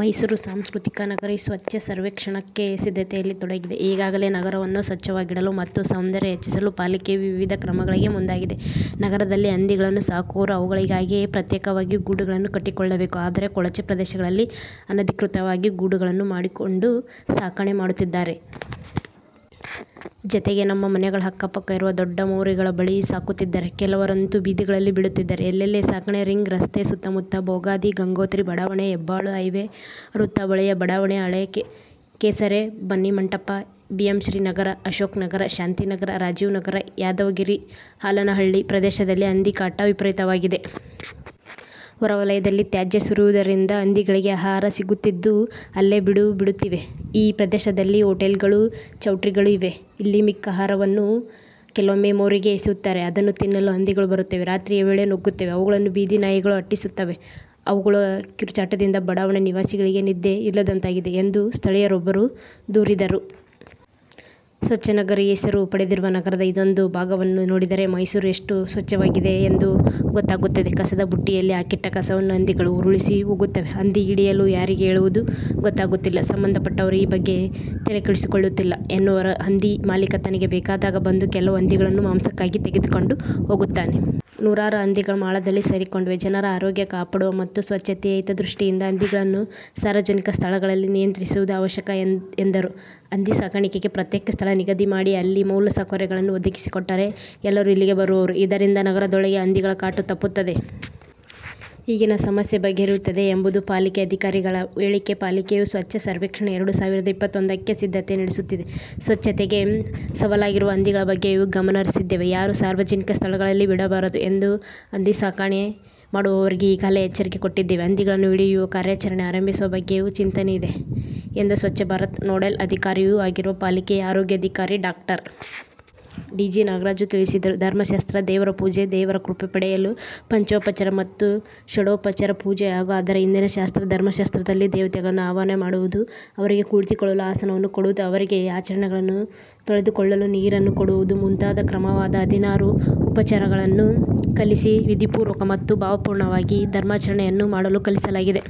ಮೈಸೂರು: ಸಾಂಸ್ಕೃತಿಕ ನಗರಿ 'ಸ್ವಚ್ಛ ಸರ್ವೇಕ್ಷಣ್ 'ಕ್ಕೆ ಸಿದ್ಧತೆಯಲ್ಲಿ ತೊಡಗಿದೆ. ಈಗಾಗಲೇ ನಗರವನ್ನು ಸ್ವಚ್ಛವಾಗಿಡಲು ಮತ್ತು ಸೌಂದರ್ಯ ಹೆಚ್ಚಿಸಲು ಪಾಲಿಕೆಯು ವಿವಿಧ ಕ್ರಮಗಳಿಗೆ ಮುಂದಾಗಿದೆ. ನಗರದಲ್ಲಿ ಹಂದಿಗಳನ್ನು ಸಾಕುವವರು ಅವುಗಳಿಗಾಗಿಯೇ ಪ್ರತ್ಯೇಕವಾಗಿ ಗೂಡುಗಳನ್ನು ಕಟ್ಟಿಕೊಳ್ಳಬೇಕು. ಆದರೆ, ಕೊಳಚೆ ಪ್ರದೇಶಗಳಲ್ಲಿ ಅನಧಿಕೃತವಾಗಿ ಗೂಡುಗಳನ್ನು ಮಾಡಿಕೊಂಡು ಸಾಕಣೆ ಮಾಡುತ್ತಿದ್ದಾರೆ. ಜತೆಗೆ ನಮ್ಮ ಮನೆಗಳ ಅಕ್ಕಪಕ್ಕ ಇರುವ ದೊಡ್ಡ ಮೋರಿಗಳ ಬಳಿ ಸಾಕುತ್ತಿದ್ದಾರೆ. ಕೆಲವರಂತೂ ಬೀದಿಗಳಿಗೆ ಬಿಡುತ್ತಿದ್ದಾರೆ. ಎಲ್ಲೆಲ್ಲಿ ಸಾಕಣೆ: ರಿಂಗ್ ರಸ್ತೆ ಸುತ್ತ ಮುತ್ತ, ಬೋಗಾದಿ, ಗಂಗೋತ್ರಿ ಬಡಾವಣೆ, ಹೆಬ್ಬಾಳು, ಹೈವೇ ವೃತ್ತ ಬಳಿಯ ಬಡಾವಣೆ, ಹಳೆ ಕೆಸರೆ, ಬನ್ನಿಮಂಟಪ, ಬಿಎಂಶ್ರೀ ನಗರ, ಅಶೋಕನಗರ, ಶಾಂತಿ ನಗರ, ರಾಜೀವ್ ನಗರ, ಯಾದವಗಿರಿ, ಆಲನಹಳ್ಳಿ ಪ್ರದೇಶದಲ್ಲಿ ಹಂದಿ ಕಾಟ ವಿಪರೀತವಾಗಿದೆ. ಹೊರ ವಲಯದಲ್ಲಿ ತ್ಯಾಜ್ಯ ಸುರಿಯುವುದರಿಂದ ಹಂದಿಗಳಿಗೆ ಆಹಾರ ಸಿಗುತ್ತಿದ್ದು, ಅಲ್ಲೇ ಬೀಡು ಬಿಡುತ್ತಿವೆ. 'ಈ ಪ್ರದೇಶದಲ್ಲಿ ಹೋಟೆಲ್ಗಳು, ಚೌಲ್ಟ್ರಿಗಳು ಇವೆ. ಇಲ್ಲಿ ಮಿಕ್ಕ ಆಹಾರವನ್ನೂ ಕೆಲವೊಮ್ಮೆ ಮೋರಿಗೆ ಎಸೆಯುತ್ತಾರೆ. ಅದನ್ನು ತಿನ್ನಲು ಹಂದಿಗಳು ಬರುತ್ತವೆ. ರಾತ್ರಿಯ ವೇಳೆ ನುಗ್ಗುತ್ತವೆ. ಅವುಗಳನ್ನು ಬೀದಿ ನಾಯಿಗಳು ಅಟ್ಟಿಸುತ್ತವೆ. ಅವುಗಳ ಕಿರುಚಾಟದಿಂದ ಬಡಾವಣೆಯ ನಿವಾಸಿಗಳಿಗೆ ನಿದ್ದೆ ಇಲ್ಲದಂತಾಗಿದೆ' ಎಂದು ಸ್ಥಳೀಯರೊಬ್ಬರು ದೂರಿದರು. 'ಸ್ವಚ್ಛ ನಗರಿ ಹೆಸರು ಪಡೆದಿರುವ ನಗರದ ಇದೊಂದು ಭಾಗವನ್ನು ನೋಡಿದರೆ ಮೈಸೂರು ಎಷ್ಟು ಸ್ವಚ್ಛವಾಗಿದೆ ಎಂದು ಗೊತ್ತಾಗುತ್ತದೆ. ಕಸದ ಬುಟ್ಟಿಯಲ್ಲಿ ಹಾಕಿಟ್ಟ ಕಸವನ್ನು ಹಂದಿಗಳು ಉರುಳಿಸಿ ಹೋಗುತ್ತವೆ. ಹಂದಿ ಹಿಡಿಯಲು ಯಾರಿಗೆ ಹೇಳುವುದು ಗೊತ್ತಾಗುತ್ತಿಲ್ಲ ಸಂಬಂಧಪಟ್ಟವರು ಈ ಬಗ್ಗೆ ತಲೆಕೆಡಿಸಿಕೊಳ್ಳುತ್ತಿಲ್ಲ' ಎನ್ನುವರು. 'ಹಂದಿ ಮಾಲೀಕ ತನಗೆ ಬೇಕಾದಾಗ ಬಂದು ಕೆಲವು ಹಂದಿಗಳನ್ನು ಮಾಂಸಕ್ಕಾಗಿ ತೆಗೆದುಕೊಂಡು ಹೋಗುತ್ತಾನೆ. ನೂರಾರು ಹಂದಿಗಳು ಮಾಳದಲ್ಲಿ ಸೇರಿಕೊಂಡಿವೆ. ಜನರ ಆರೋಗ್ಯ ಕಾಪಾಡುವ ಮತ್ತು ಸ್ವಚ್ಛತೆಯ ಹಿತದೃಷ್ಟಿಯಿಂದ ಹಂದಿಗಳನ್ನು ಸಾರ್ವಜನಿಕ ಸ್ಥಳಗಳಲ್ಲಿ ನಿಯಂತ್ರಿಸುವುದು ಅವಶ್ಯಕ' ಎಂದರು. 'ಹಂದಿ ಸಾಕಾಣಿಕೆಗೆ ಪ್ರತ್ಯೇಕ ಸ್ಥಳ ನಿಗದಿ ಮಾಡಿ, ಅಲ್ಲಿ ಮೂಲಸೌಕರ್ಯಗಳನ್ನು ಒದಗಿಸಿಕೊಟ್ಟರೆ ಎಲ್ಲರೂ ಇಲ್ಲಿಗೆ ಬರುವರು. ಇದರಿಂದ ನಗರದೊಳಗೆ ಹಂದಿಗಳ ಕಾಟ ತಪ್ಪುತ್ತದೆ. ಈಗಿನ ಸಮಸ್ಯೆ ಬಗೆಹರಿಯುತ್ತದೆ' ಎಂಬುದು ಪಾಲಿಕೆ ಅಧಿಕಾರಿಗಳ ಹೇಳಿಕೆ. ಪಾಲಿಕೆಯು ಸ್ವಚ್ಛ ಸರ್ವೇಕ್ಷಣ್–ಎರಡು ಸಾವಿರದ ಇಪ್ಪತ್ತೊಂದಕ್ಕೆ ಸಿದ್ಧತೆ ನಡೆಸುತ್ತಿದೆ. ಸ್ವಚ್ಛತೆಗೆ ಸವಾಲಾಗಿರುವ ಹಂದಿಗಳ ಬಗ್ಗೆಯೂ ಗಮನಹರಿಸಿದ್ದೇವೆ. ಯಾರೂ ಸಾರ್ವಜನಿಕ ಸ್ಥಳಗಳಲ್ಲಿ ಬಿಡಬಾರದು ಎಂದು ಹಂದಿ ಸಾಕಣೆ ಮಾಡುವವರಿಗೆ ಈಗಾಗಲೇ ಎಚ್ಚರಿಕೆ ಕೊಟ್ಟಿದ್ದೇವೆ. ಹಂದಿಗಳನ್ನು ಹಿಡಿಯುವ ಕಾರ್ಯಾಚರಣೆ ಆರಂಭಿಸುವ ಬಗ್ಗೆಯೂ ಚಿಂತನೆಯಿದೆ' ಎಂದು ಸ್ವಚ್ಛ ಭಾರತ್ ನೋಡೆಲ್ ಅಧಿಕಾರಿಯೂ ಆಗಿರುವ ಪಾಲಿಕೆ ಆರೋಗ್ಯಾಧಿಕಾರಿ ಡಾಕ್ಟರ್. ಡಿ. ಜಿ. ನಾಗರಾಜು ತಿಳಿಸಿದರು. ಧರ್ಮಶಾಸ್ತ್ರ ದೇವರ ಪೂಜೆ ದೇವರ ಕೃಪೆ ಪಡೆಯಲು ಪಂಚೋಪಚಾರ ಮತ್ತು ಷೋಡಶೋಪಚಾರ ಪೂಜೆ ಹಾಗೂ ಅದರ ಹಿಂದಿನ ಶಾಸ್ತ್ರ ಧರ್ಮಶಾಸ್ತ್ರದಲ್ಲಿ ದೇವತೆಗಳನ್ನು ಆವಾಹನೆ ಮಾಡುವುದು, ಅವರಿಗೆ ಕುಳಿತುಕೊಳ್ಳಲು ಆಸನವನ್ನು ಕೊಡುವುದು, ಅವರಿಗೆ ಚರಣಗಳನ್ನು ತೊಳೆದುಕೊಳ್ಳಲು ನೀರನ್ನು ಕೊಡುವುದು ಮುಂತಾದ ಕ್ರಮವಾದ ಹದಿನಾರು ಉಪಚಾರಗಳನ್ನು ಕಲಿಸಿ ವಿಧಿಪೂರ್ವಕ ಮತ್ತು ಭಾವಪೂರ್ಣವಾಗಿ ಧರ್ಮಾಚರಣೆಯನ್ನು ಮಾಡಲು ಕಲಿಸಲಾಗಿದೆ.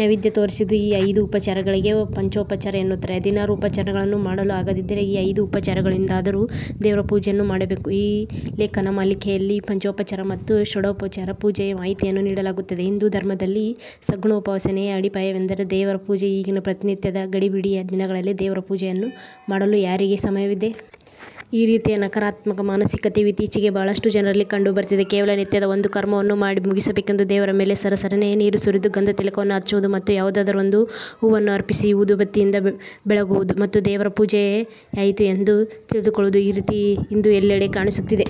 ನೈವೇದ್ಯ ತೋರಿಸುವುದು ಈ ಐದು ಉಪಚಾರಗಳಿಗೆ 'ಪಂಚೋಪಚಾರ' ಎನ್ನುತ್ತಾರೆ. ಹದಿನಾರು ಉಪಚಾರಗಳನ್ನು ಮಾಡಲು ಆಗದಿದ್ದರೆ ಈ ಐದು ಉಪಚಾರಗಳಿಂದಾದರೂ ದೇವರ ಪೂಜೆಯನ್ನು ಮಾಡಬೇಕು. ಈ ಲೇಖನಮಾಲಿಕೆಯಲ್ಲಿ ಪಂಚೋಪಚಾರ ಮತ್ತು ಷೋಡಶೋಪಚಾರ ಪೂಜೆಯ ಮಾಹಿತಿಯನ್ನು ನೀಡಲಾಗುತ್ತದೆ. ಹಿಂದೂ ಧರ್ಮದಲ್ಲಿನ ಸಗುಣ ಉಪಾಸನೆಯ ಅಡಿಪಾಯವೆಂದರೆ 'ದೇವರ ಪೂಜೆ'. ಈಗಿನ 'ಪ್ರತಿನಿತ್ಯದ ಗಡಿಬಿಡಿಯ ದಿನಗಳಲ್ಲಿ ದೇವರ ಪೂಜೆ ಯನ್ನು ಮಾಡಲು ಯಾರಿಗೆ ಸಮಯವಿದೆ? ' ಈ ರೀತಿಯ ನಕಾರಾತ್ಮಕ ಮಾನಸಿಕತೆಯು ಇತ್ತೀಚಿಗೆ ಬಹಳಷ್ಟು ಜನರಲ್ಲಿ ಕಂಡುಬರುತ್ತಿದೆ. ಕೇವಲ ನಿತ್ಯದ ಒಂದು ಕರ್ಮವನ್ನು ಮಾಡಿ ಮುಗಿಸಬೇಕೆಂದು ದೇವರ ಮೇಲೆ ಸರಸರನೆ ನೀರು ಸುರಿದು ಗಂಧತಿಲಕವನ್ನು ಹಚ್ಚುವುದು ಮತ್ತು ಯಾವುದಾದರೊಂದು ಹೂವನ್ನು ಅರ್ಪಿಸಿ ಊದುಬತ್ತಿಯಿಂದ ಬೆಳಗುವುದು ಮತ್ತು 'ದೇವರ ಪೂಜೆ'ಯಾಯಿತು ಎಂದು ತಿಳಿದುಕೊಳ್ಳುವುದು; ಈ ರೀತಿ ಇಂದು ಎಲ್ಲೆಡೆ ಕಾಣಿಸುತ್ತಿದೆ.